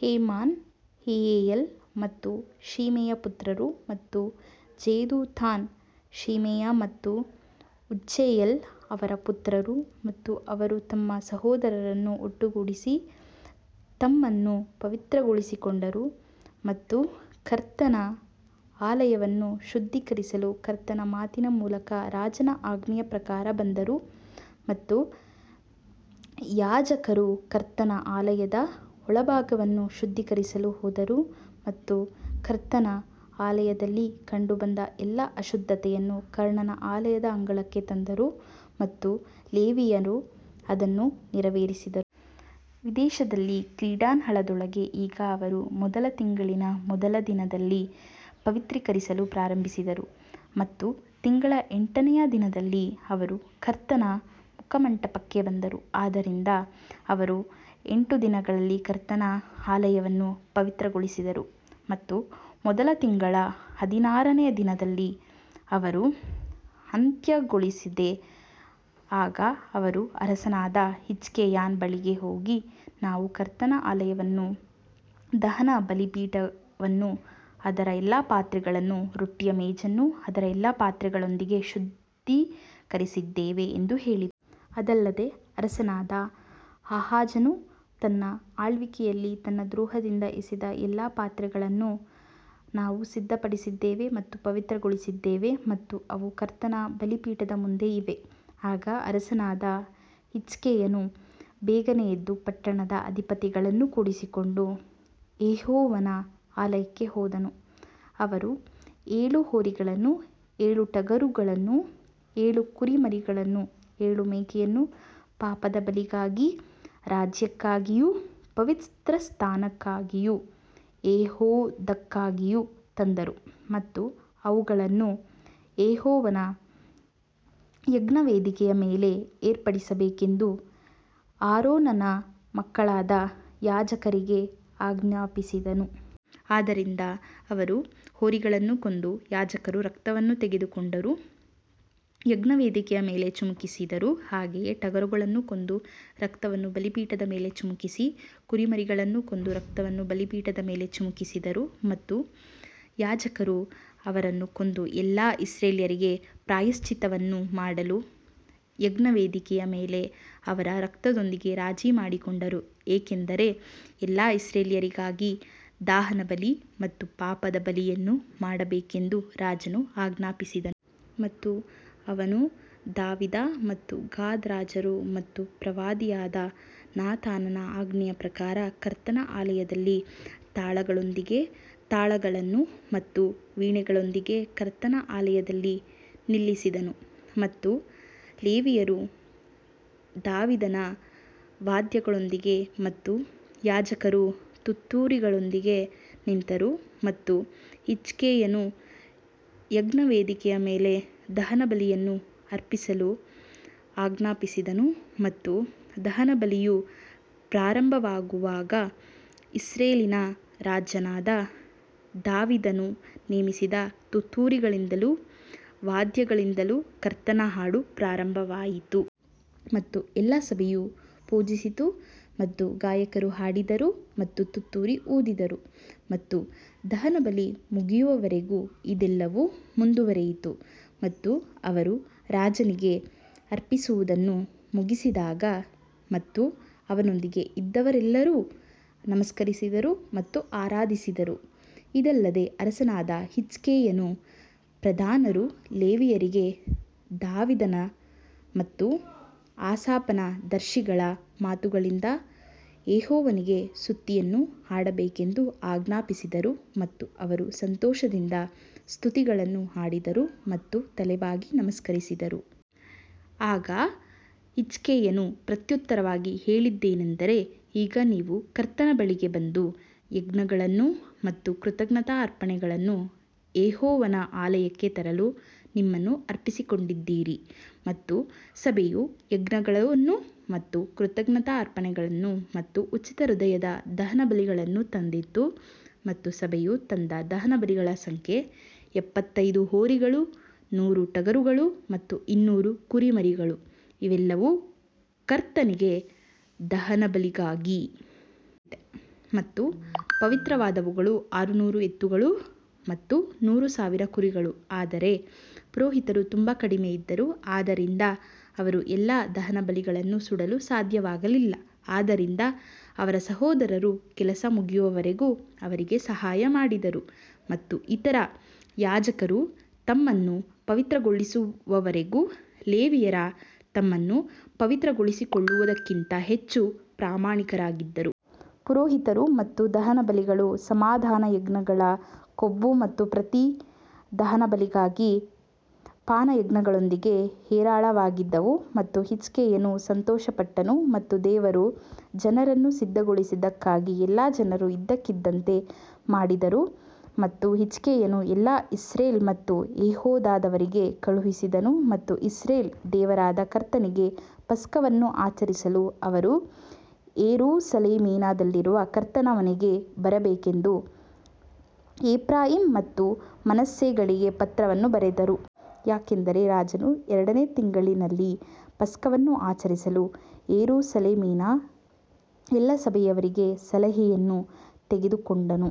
Heman ಯೆಹಿಯೇಲ್ ಮತ್ತು ಶಿಮೆಯ ಪುತ್ರರು ಮತ್ತು ಜೆದುತುನ್ ಶೆಮಾಯ ಮತ್ತು ಉಜ್ಜೀಯೇಲ್ ಅವರ ಪುತ್ರರು ಮತ್ತು ಅವರು ತಮ್ಮ ಸಹೋದರರನ್ನು ಒಟ್ಟುಗೂಡಿಸಿ ತಮ್ಮನ್ನು ಪವಿತ್ರಗೊಳಿಸಿಕೊಂಡರು ಮತ್ತು ಕರ್ತನ ಆಲಯವನ್ನು ಶುದ್ಧೀಕರಿಸಲು ಕರ್ತನ ಮಾತಿನ ಮೂಲಕ ರಾಜನ ಆಜ್ಞೆಯ ಪ್ರಕಾರ ಬಂದರು. ಮತ್ತು ಯಾಜಕರು ಕರ್ತನ ಆಲಯದ ಒಳಭಾಗವನ್ನು ಶುದ್ಧೀಕರಿಸಲು ಹೋದರು ಮತ್ತು ಕರ್ತನ ಆಲಯದಲ್ಲಿ ಕಂಡುಬಂದ ಎಲ್ಲಾ ಅಶುದ್ಧತೆಯನ್ನು ಕರ್ತನ ಆಲಯದ ಅಂಗಳಕ್ಕೆ ತಂದರು ಮತ್ತು ಲೇವಿಯರು ಅದನ್ನು ನೆರವೇರಿಸಿದರು. ವಿದೇಶದಲ್ಲಿ ಕಿಡ್ರಾನ್ ಹಳ್ಳದೊಳಗೆ ಈಗ ಅವರು ಮೊದಲ ತಿಂಗಳಿನ ಮೊದಲ ದಿನದಲ್ಲಿ ಪವಿತ್ರೀಕರಿಸಲು ಪ್ರಾರಂಭಿಸಿದರು ಮತ್ತು ತಿಂಗಳ ಎಂಟನೇ ದಿನದಲ್ಲಿ ಅವರು ಕರ್ತನ ಮುಖಮಂಟಪಕ್ಕೆ ಬಂದರು, ಆದ್ದರಿಂದ ಅವರು ಎಂಟು ದಿನಗಳಲ್ಲಿ ಕರ್ತನ ಆಲಯವನ್ನು ಪವಿತ್ರಗೊಳಿಸಿದರು ಮತ್ತು ಮೊದಲ ತಿಂಗಳ ಹದಿನಾರನೇ ದಿನದಲ್ಲಿ ಅವರು ಅಂತ್ಯಗೊಳಿಸಿದೆ ಆಗ ಅವರು ಅರಸನಾದ ಹಿಜ್ಕೀಯನ ಬಳಿಗೆ ಹೋಗಿ, ನಾವು ಕರ್ತನ ಆಲಯವನ್ನೂ ದಹನ ಬಲಿಪೀಠವನ್ನೂ ಅದರ ಎಲ್ಲಾ ಪಾತ್ರೆಗಳನ್ನೂ ರೊಟ್ಟಿಯ ಮೇಜನ್ನೂ ಅದರ ಎಲ್ಲಾ ಪಾತ್ರೆಗಳೊಂದಿಗೆ ಶುದ್ಧೀಕರಿಸಿದ್ದೇವೆ ಎಂದು ಹೇಳಿದರು. ಇದಲ್ಲದೆ ಅರಸನಾದ ಆಹಾಜನು ತನ್ನ ಆಳ್ವಿಕೆಯಲ್ಲಿ ತನ್ನ ದ್ರೋಹದಿಂದ ಎಸೆದ ಎಲ್ಲಾ ಪಾತ್ರೆಗಳನ್ನು ನಾವು ಸಿದ್ಧಪಡಿಸಿದ್ದೇವೆ ಮತ್ತು ಪವಿತ್ರಗೊಳಿಸಿದ್ದೇವೆ ಮತ್ತು ಅವು ಕರ್ತನ ಬಲಿಪೀಠದ ಮುಂದೆ ಇವೆ. ಆಗ ಅರಸನಾದ ಹಿಜ್ಕೀಯನು ಬೇಗನೆ ಎದ್ದು ಪಟ್ಟಣದ ಅಧಿಪತಿಗಳನ್ನು ಕೂಡಿಸಿಕೊಂಡು ಯೆಹೋವನ ಆಲಯಕ್ಕೆ ಹೋದನು. ಅವರು ಏಳು ಹೋರಿಗಳನ್ನೂ ಏಳು ಟಗರುಗಳನ್ನೂ ಏಳು ಕುರಿಮರಿಗಳನ್ನೂ ಏಳು ಮೇಕೆಗಳನ್ನೂ ಪಾಪದ ಬಲಿಗಾಗಿ ರಾಜ್ಯಕ್ಕಾಗಿಯೂ ಪವಿತ್ರಸ್ಥಾನಕ್ಕಾಗಿಯೂ ಯೆಹೂದಕ್ಕಾಗಿಯೂ ತಂದರು ಮತ್ತು ಅವುಗಳನ್ನು ಯೆಹೋವನ ಯಜ್ಞವೇದಿಯ ಮೇಲೆ ಅರ್ಪಿಸಬೇಕೆಂದು ಆರೋನನ ಮಕ್ಕಳಾದ ಯಾಜಕರಿಗೆ ಆಜ್ಞಾಪಿಸಿದನು. ಆದ್ದರಿಂದ ಅವರು ಹೋರಿಗಳನ್ನು ಕೊಂದು ಯಾಜಕರು ರಕ್ತವನ್ನು ತೆಗೆದುಕೊಂಡು ಯಜ್ಞವೇದಿಯ ಮೇಲೆ ಚಿಮುಕಿಸಿದರು ಹಾಗೆಯೇ ಟಗರುಗಳನ್ನು ಕೊಂದು ರಕ್ತವನ್ನು ಬಲಿಪೀಠದ ಮೇಲೆ ಚಿಮುಕಿಸಿ ಕುರಿಮರಿಗಳನ್ನೂ ಕೊಂದು ರಕ್ತವನ್ನು ಬಲಿಪೀಠದ ಮೇಲೆ ಚಿಮುಕಿಸಿದರು. ಮತ್ತು ಯಾಜಕರು ಅವರನ್ನು ಕೊಂದು ಎಲ್ಲಾ ಇಸ್ರಾಯೇಲ್ಯರಿಗೆ ಪ್ರಾಯಶ್ಚಿತ್ತವನ್ನು ಮಾಡಲು ಯಜ್ಞವೇದಿಯ ಮೇಲೆ ಅವರ ರಕ್ತದೊಂದಿಗೆ ರಾಜಿ ಮಾಡಿಕೊಂಡರು, ಏಕೆಂದರೆ ಎಲ್ಲಾ ಇಸ್ರಾಯೇಲ್ಯರಿಗಾಗಿ ದಹನಬಲಿ ಮತ್ತು ಪಾಪದ ಬಲಿಯನ್ನು ಮಾಡಬೇಕೆಂದು ರಾಜನು ಆಜ್ಞಾಪಿಸಿದನು. ಮತ್ತು ಅವನು ದಾವೀದ ಮತ್ತು ಗಾದ್ ರಾಜರು ಮತ್ತು ಪ್ರವಾದಿಯಾದ ನಾತಾನನ ಆಜ್ಞೆಯ ಪ್ರಕಾರ ಕರ್ತನ ಆಲಯದಲ್ಲಿ ತಾಳಗಳೊಂದಿಗೆ ತಾಳಗಳನ್ನು ಮತ್ತು ವೀಣೆಗಳೊಂದಿಗೆ ಕರ್ತನ ಆಲಯದಲ್ಲಿ ನಿಲ್ಲಿಸಿದನು. ಮತ್ತು ಲೇವಿಯರು ದಾವೀದನ ವಾದ್ಯಗಳೊಂದಿಗೆ ಮತ್ತು ಯಾಜಕರು ತುತ್ತೂರಿಗಳೊಂದಿಗೆ ನಿಂತರು ಮತ್ತು ಹಿಜ್ಕೀಯನು ಯಜ್ಞವೇದಿಯ ಮೇಲೆ ದಹನಬಲಿಯನ್ನು ಅರ್ಪಿಸಲು ಆಜ್ಞಾಪಿಸಿದನು ಮತ್ತು ದಹನಬಲಿಯು ಪ್ರಾರಂಭವಾದಾಗ ಇಸ್ರಾಯೇಲಿನ ರಾಜನಾದ ದಾವೀದನು ನೇಮಿಸಿದ ತುತ್ತೂರಿಗಳಿಂದಲೂ ವಾದ್ಯಗಳಿಂದಲೂ ಕರ್ತನ ಹಾಡು ಪ್ರಾರಂಭವಾಯಿತು. ಮತ್ತು ಎಲ್ಲಾ ಸಭೆಯು ಪೂಜಿಸಿತು ಮತ್ತು ಗಾಯಕರು ಹಾಡಿದರು ಮತ್ತು ತುತ್ತೂರಿ ಊದಿದರು ಮತ್ತು ದಹನಬಲಿ ಮುಗಿಯುವವರೆಗೂ ಇದೆಲ್ಲವೂ ಮುಂದುವರೆಯಿತು. ಮತ್ತು ಅವರು ರಾಜನಿಗೆ ಅರ್ಪಿಸುವುದನ್ನು ಮುಗಿಸಿದಾಗ ಮತ್ತು ಅವನೊಂದಿಗೆ ಇದ್ದವರೆಲ್ಲರೂ ನಮಸ್ಕರಿಸಿದರು ಮತ್ತು ಆರಾಧಿಸಿದರು ಇದಲ್ಲದೆ ಅರಸನಾದ ಹಿಜ್ಕೀಯನೂ ಪ್ರಧಾನರೂ ಲೇವಿಯರಿಗೆ ದಾವೀದನ ಮತ್ತು ಆಸಾಫನ ದರ್ಶಿಗಳ ಮಾತುಗಳಿಂದ ಯೆಹೋವನಿಗೆ ಸ್ತುತಿಯನ್ನು ಹಾಡಬೇಕೆಂದು ಆಜ್ಞಾಪಿಸಿದರು ಮತ್ತು ಅವರು ಸಂತೋಷದಿಂದ ಸ್ತುತಿಗಳನ್ನು ಹಾಡಿದರು ಮತ್ತು ತಲೆಬಾಗಿ ನಮಿಸಿದರು. ಆಗ ಹಿಜ್ಕೀಯನು ಪ್ರತ್ಯುತ್ತರವಾಗಿ ಹೇಳಿದ್ದೇನಂದರೆ ಈಗ ನೀವು ಕರ್ತನ ಬಳಿಗೆ ಬಂದು ಯಜ್ಞಗಳನ್ನು ಮತ್ತು ಕೃತಜ್ಞತಾ ಅರ್ಪಣೆಗಳನ್ನು ಯೆಹೋವನ ಆಲಯಕ್ಕೆ ತರಲು ನಿಮ್ಮನ್ನು ಅರ್ಪಿಸಿಕೊಂಡಿದ್ದೀರಿ ಮತ್ತು ಸಭೆಯು ಯಜ್ಞಗಳನ್ನು ಮತ್ತು ಕೃತಜ್ಞತಾ ಅರ್ಪಣೆಗಳನ್ನು ಮತ್ತು ಉಚಿತ ಹೃದಯದ ದಹನಬಲಿಗಳನ್ನು ತಂದಿತು. ಮತ್ತು ಸಭೆಯು ತಂದ ದಹನಬಲಿಗಳ ಸಂಖ್ಯೆ ಎಪ್ಪತ್ತೈದು ಹೋರಿಗಳು ನೂರು ಟಗರುಗಳು ಮತ್ತು ಇನ್ನೂರು ಕುರಿಮರಿಗಳು ಇವೆಲ್ಲವೂ ಕರ್ತನಿಗೆ ದಹನಬಲಿಗಾಗಿ. ಮತ್ತು ಪವಿತ್ರವಾದವುಗಳು ಆರುನೂರು ಎತ್ತುಗಳು ಮತ್ತು ಮೂರು ಸಾವಿರ ಕುರಿಗಳು ಆದರೆ ಪುರೋಹಿತರು ತುಂಬಾ ಕಡಿಮೆಯಿದ್ದರು, ಆದ್ದರಿಂದ ಅವರು ಎಲ್ಲಾ ದಹನಬಲಿಗಳನ್ನು ಸುಡಲು ಸಾಧ್ಯವಾಗಲಿಲ್ಲ, ಆದ್ದರಿಂದ ಅವರ ಸಹೋದರರು ಕೆಲಸ ಮುಗಿಯುವವರೆಗೂ ಅವರಿಗೆ ಸಹಾಯ ಮಾಡಿದರು ಮತ್ತು ಇತರ ಯಾಜಕರು ತಮ್ಮನ್ನು ಪವಿತ್ರಗೊಳಿಸಿಕೊಳ್ಳುವವರೆಗೂ ಲೇವಿಯರು ತಮ್ಮನ್ನು ಪವಿತ್ರಗೊಳಿಸಿಕೊಳ್ಳುವುದಕ್ಕಿಂತ ಹೆಚ್ಚು ಪ್ರಾಮಾಣಿಕರಾಗಿದ್ದರು. ಪುರೋಹಿತರು ಮತ್ತು ದಹನಬಲಿಗಳು ಸಮಾಧಾನಯಜ್ಞಗಳ ಕೊಬ್ಬು ಮತ್ತು ಪ್ರತಿ ದಹನಬಲಿಗಾಗಿ ಪಾನಯಜ್ಞಗಳೊಂದಿಗೆ ಹೇರಳವಾಗಿದ್ದವು. ಮತ್ತು ಹಿಜ್ಕೀಯನು ಸಂತೋಷಪಟ್ಟನು ಮತ್ತು ದೇವರು ಜನರನ್ನು ಸಿದ್ಧಗೊಳಿಸಿದ್ದಕ್ಕಾಗಿ ಎಲ್ಲಾ ಜನರು ಇದ್ದಕ್ಕಿದ್ದಂತೆ ಮಾಡಿದರು ಮತ್ತು ಹಿಜ್ಕೀಯನು ಎಲ್ಲಾ ಇಸ್ರಾಯೇಲ್ ಮತ್ತು ಯೆಹೂದದವರಿಗೆ ಕಳುಹಿಸಿದನು ಮತ್ತು ಇಸ್ರಾಯೇಲ್ ದೇವರಾದ ಕರ್ತನಿಗೆ ಪಸ್ಕವನ್ನು ಆಚರಿಸಲು ಅವರು ಯೆರೂಸಲೇಮಿನಲ್ಲಿರುವ ಕರ್ತನ ಮನೆಗೆ ಬರಬೇಕೆಂದು ಎಫ್ರಾಯೀಮ್ ಮತ್ತು ಮನಸ್ಸೆಗಳಿಗೆ ಪತ್ರಗಳನ್ನು ಬರೆದರು. ಯಾಕಂದರೆ ರಾಜನು ಎರಡನೇ ತಿಂಗಳಿನಲ್ಲಿ ಪಸ್ಕವನ್ನು ಆಚರಿಸಲು ಯೆರೂಸಲೇಮಿನ ಎಲ್ಲಾ ಸಭೆಯವರಿಗೆ ಸಲಹೆಯನ್ನು ತೆಗೆದುಕೊಂಡನು.